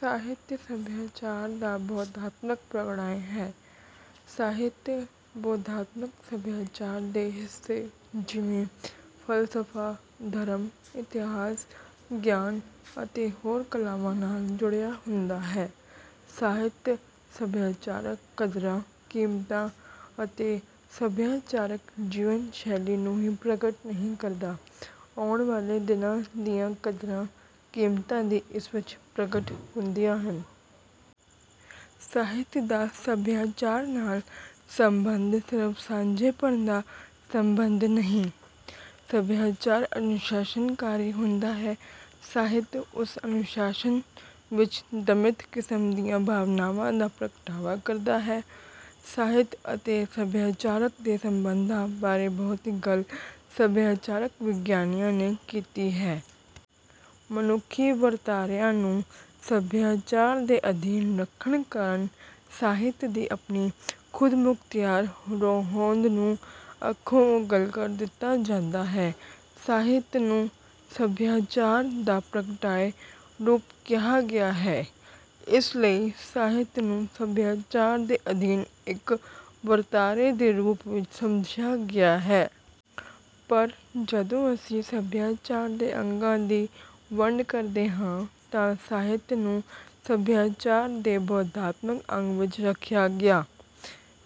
ਸਾਹਿਤ ਸਭਿਆਚਾਰ ਦਾ ਬੋਧਾਤਮਕ ਪ੍ਰਗਟਾਅ ਹੈ। ਸਾਹਿਤ ਬੋਧਾਤਮਕ ਸਭਿਆਚਾਰ ਦੇ ਹਿੱਸੇ ਜਿਵੇਂ- ਫਲਸਫਾ, ਧਰਮ, ਇਤਿਹਾਸ, ਗਿਆਨ ਅਤੇ ਹੋਰ ਕਲਾਵਾਂ ਨਾਲ ਜੁੜਿਆ ਹੁੰਦਾ ਹੈ। ਸਾਹਿਤ ਸਭਿਆਚਾਰਕ ਕਦਰਾਂ-ਕੀਮਤਾਂ ਅਤੇ ਸਭਿਆਚਾਰਕ ਜੀਵਨ ਸ਼ੈਲੀ ਨੂੰ ਹੀ ਪ੍ਰਗਟ ਨਹੀਂ ਕਰਦਾ, ਆਉਣ ਵਾਲੇ ਦਿਨਾਂ ਦੀਆਂ ਕਦਰਾਂ-ਕੀਮਤਾਂ ਵੀ ਇਸ ਵਿਚ ਪ੍ਰਗਟ ਹੁੰਦੀਆਂ ਹਨ। ਸਾਹਿਤ ਦਾ ਸਭਿਆਚਾਰ ਨਾਲ ਸੰਬੰਧ ਸਿਰਫ ਸਾਂਝੇਪਣ ਦਾ ਸੰਬੰਧ ਨਹੀਂ। ਸਭਿਆਚਾਰ ਅਨੁਸ਼ਾਸਨਕਾਰੀ ਹੁੰਦਾ ਹੈ। ਸਾਹਿਤ ਉਸ ਅਨੁਸ਼ਾਸਨ ਵਿੱਚ ਦਮਿਤ ਕਿਸਮ ਦੀਆਂ ਭਾਵਨਾਵਾਂ ਦਾ ਪ੍ਰਗਟਾਵਾ ਕਰਦਾ ਹੈ। ਸਾਹਿਤ ਅਤੇ ਸਭਿਆਚਾਰਕ ਦੇ ਸੰਬੰਧਾਂ ਬਾਰੇ ਬਹੁਤੀ ਗੱਲ ਸਭਿਆਚਾਰਕ ਵਿਗਿਆਨੀਆਂ ਨੇ ਕੀਤੀ ਹੈ। ਮਨੁੱਖੀ ਵਰਤਾਰਿਆਂ ਨੂੰ ਸਭਿਆਚਾਰ ਦੇ ਅਧੀਨ ਰੱਖਣ ਕਾਰਨ ਸਾਹਿਤ ਦੀ ਆਪਣੀ ਖ਼ੁਦਮੁਖ਼ਤਿਆਰ ਹੋਂਦ ਨੂੰ ਅੱਖੋਂ ਉਹਲੇ ਕਰ ਦਿੱਤਾ ਜਾਦਾਂ ਹੈ। ਸਾਹਿਤ ਨੂੰ ਸਭਿਆਚਾਰ ਦਾ ਪਰਗਟਾਅ ਰੂਪ ਕਿਹਾ ਗਿਆ ਹੈ। ਇਸ ਲਈ ਸਾਹਿਤ ਨੂੰ ਸਭਿਆਚਾਰ ਦੇ ਅਧੀਨ ਇਕ ਵਰਤਾਰੇ ਦੇ ਰੂਪ ਵਿੱਚ ਸਮਝਿਆ ਗਿਆ ਹੈ। ਪਰ ਜਦੋਂ ਅਸੀਂ ਸਭਿਆਚਾਰ ਦੇ ਅੰਗਾਂ ਦੀ ਵੰਡ ਕਰਦੇ ਹਾਂ ਤਾ ਸਾਹਿਤ ਨੂੰ ਸਭਿਆਚਾਰ ਦੇ ਬੋਧਾਤਮਕ ਅੰਗ ਵਿੱਚ ਰੱਖਿਆ ਗਿਆ।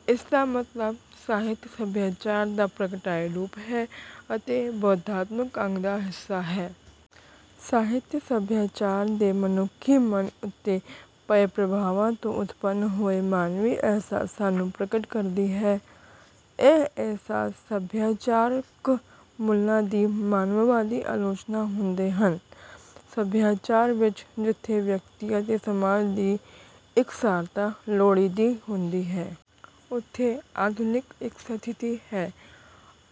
ਇਸ ਦਾ ਮਤਲਬ ਸਾਹਿਤ ਸਭਿਆਚਾਰ ਦਾ ਪਰਗਟਾਅ ਰੂਪ ਹੈ ਅਤੇ ਬੋਧਾਤਮਕ ਅੰਗ ਦਾ ਹਿੱਸਾ ਹੈ। ਸਾਹਿਤ ਸਭਿਆਚਾਰ ਦੇ ਮਨੁੱਖੀ ਮਨ ਉੱਤੇ ਪਏ ਪ੍ਰਭਾਵਾਂ ਤੋਂ ਉਤਪੰਨ ਹੋਏ ਮਾਨਵੀ ਅਹਿਸਾਸਾਂ ਨੂੰ ਪ੍ਰਗਟ ਕਰਦੀ ਹੈ। ਇਹ ਅਹਿਸਾਸ ਸਭਿਆਚਾਰਕ ਮੁੱਲਾਂ ਦੀ ਮਾਨਵਵਾਦੀ ਆਲੋਚਨਾ ਹੁੰਦੇ ਹਨ। ਸਭਿਆਚਾਰ ਵਿੱਚ ਜਿੱਥੇ ਵਿਅਕਤੀ ਅਤੇ ਸਮਾਜ ਦੀ ਇਕਸਾਰਤਾ ਲੋੜੀਦੀ ਹੁੰਦੀ ਹੈ। ਉੱਥੇ ਆਧੁਨਿਕ ਇੱਕ ਸਥਿਤੀ ਹੈ।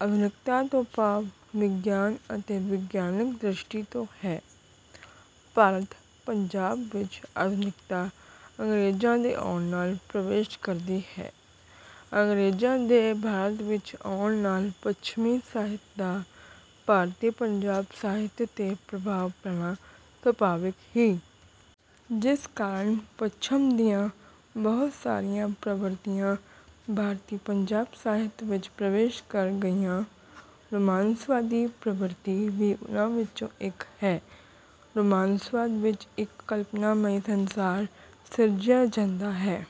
ਆਧੁਨਿਕਤਾ ਤੋਂ ਭਾਵ ਵਿਗਿਆਨ ਅਤੇ ਵਿਗਿਆਨਕ ਦ੍ਰਿਸ਼ਟੀ ਤੋਂ ਹੈ। ਭਾਰਤ ਪੰਜਾਬ ਵਿੱਚ ਆਧੁਨਿਕਤਾ ਅੰਗਰੇਜ਼ਾ ਦੇ ਆਉਣ ਨਾਲ ਪ੍ਰਵੇਸ਼ ਕਰਦੀ ਹੈ। ਅੰਗਰੇਜ਼ਾਂ ਦੇ ਭਾਰਤ ਵਿੱਚ ਆਉਣ ਨਾਲ ਪੱਛਮੀ ਸਾਹਿਤ ਦਾ ਭਾਰਤੀ ਪੰਜਾਬ ਸਾਹਿਤ ਤੇ ਪ੍ਰਭਾਵ ਪੈਣਾ ਸੁਭਾਵਿਕ ਹੀ। ਜਿਸ ਕਾਰਨ ਪੱਛਮ ਦੀਆਂ ਬਹੁਤ ਸਾਰੀਆਂ ਪ੍ਰਵਿਰਤੀਆਂ ਭਾਰਤੀ ਪੰਜਾਬ ਸਾਹਿਤ ਵਿੱਚ ਪ੍ਰਵੇਸ਼ ਕਰ ਗਈਆਂ। ਰੁਮਾਂਸਵਾਦੀ ਪ੍ਰਵਿਰਤੀ ਵੀ ਉਨ੍ਹਾਂ ਵਿੱਚੋਂ ਇੱਕ ਹੈ। ਰੁਮਾਂਸਵਾਦ ਵਿੱਚ ਇੱਕ ਕਲਪਨਾ ਮਈ ਸੰਸਾਰ ਸਿਰਜਿਆ ਜਾਂਦਾ ਹੈ।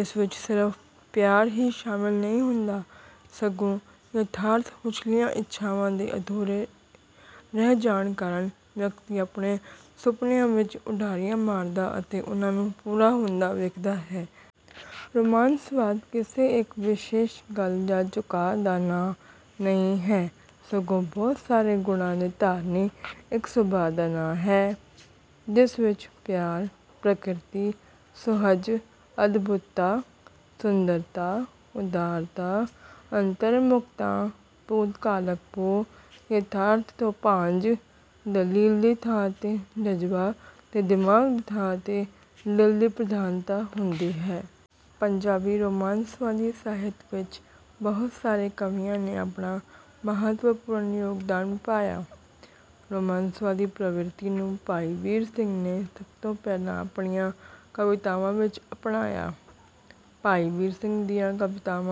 ਇਸ ਵਿੱਚ ਸਿਰਫ਼ ਪਿਆਰ ਹੀ ਸ਼ਾਮਿਲ ਨਹੀਂ ਹੁੰਦਾ, ਸਗੋਂ ਯਥਾਰਥ ਵਿਚਲੀਆਂ ਇੱਛਾਵਾਂ ਦੇ ਅਧੂਰੇ ਰਹਿ ਜਾਣ ਕਰਨ ਵਿਅਕਤੀ ਆਪਣੇ ਸੁਪਨਿਆਂ ਵਿੱਚ ਉਡਾਰੀਆਂ ਮਾਰਦਾ ਅਤੇ ਉਨ੍ਹਾਂ ਨੂੰ ਪੂਰਾ ਹੁੰਦਾ ਵੇਖਦਾ ਹੈ। ਰੁਮਾਂਸਵਾਦ ਕਿਸੇ ਇੱਕ ਵਿਸ਼ੇਸ਼ ਗੱਲ ਜਾਂ ਝੁਕਾਅ ਦਾ ਨਾਂ ਨਹੀਂ ਹੈ ਸਗੋਂ ਬਹੁਤ ਸਾਰੇ ਗੁਣਾਂ ਦੇ ਧਾਰਨੀ ਇੱਕ ਸੁਭਾਅ ਦਾ ਨਾਂ ਹੈ। ਜਿਸ ਵਿੱਚ ਪਿਆਰ, ਪ੍ਰਕਿਰਤੀ, ਸੁਹਜ, ਅਦਭੁੁਤਤਾਂ, ਸੁੰਦਰਤਾ, ਉਦਾਰਤਾ, ਅੰਤਰਮੁੁਖਤਾਂ, ਭੂਤਕਾਲਕ ਪੋਹ, ਯਥਾਰਥ ਤੋਂ ਭਾਂਜ, ਦਲੀਲ ਦੀ ਥਾਂ ਤੇ ਜਜ਼ਬਾ ਤੇ ਦਿਮਾਗ ਦੀ ਥਾਂ ਤੇ ਦਿਲ ਦੀ ਪ੍ਰਧਾਨਤਾ ਹੁੰਦੀ ਹੈ। ਪੰਜਾਬੀ ਰੁਮਾਂਸਵਾਦੀ ਸਾਹਿਤ ਵਿੱਚ ਬਹੁਤ ਸਾਰੇ ਕਵੀਆਂ ਨੇ ਆਪਣਾ ਮਹੱਤਵਪੂਰਨ ਯੋਗਦਾਨ ਪਾਇਆ। ਰੁਮਾਂਸਵਾਦੀ ਪ੍ਰਵਿਰਤੀ ਨੂੰ ਭਾਈ ਵੀਰ ਸਿੰਘ ਨੇ ਸਭ ਤੋਂ ਪਹਿਲਾਂ ਆਪਣੀਆਂ ਕਵਿਤਾਵਾਂ ਵਿੱਚ ਅਪਣਾਇਆ। ਭਾਈ ਵੀਰ ਸਿੰਘ ਦੀਆਂ ਕਵਿਤਾਵਾਂ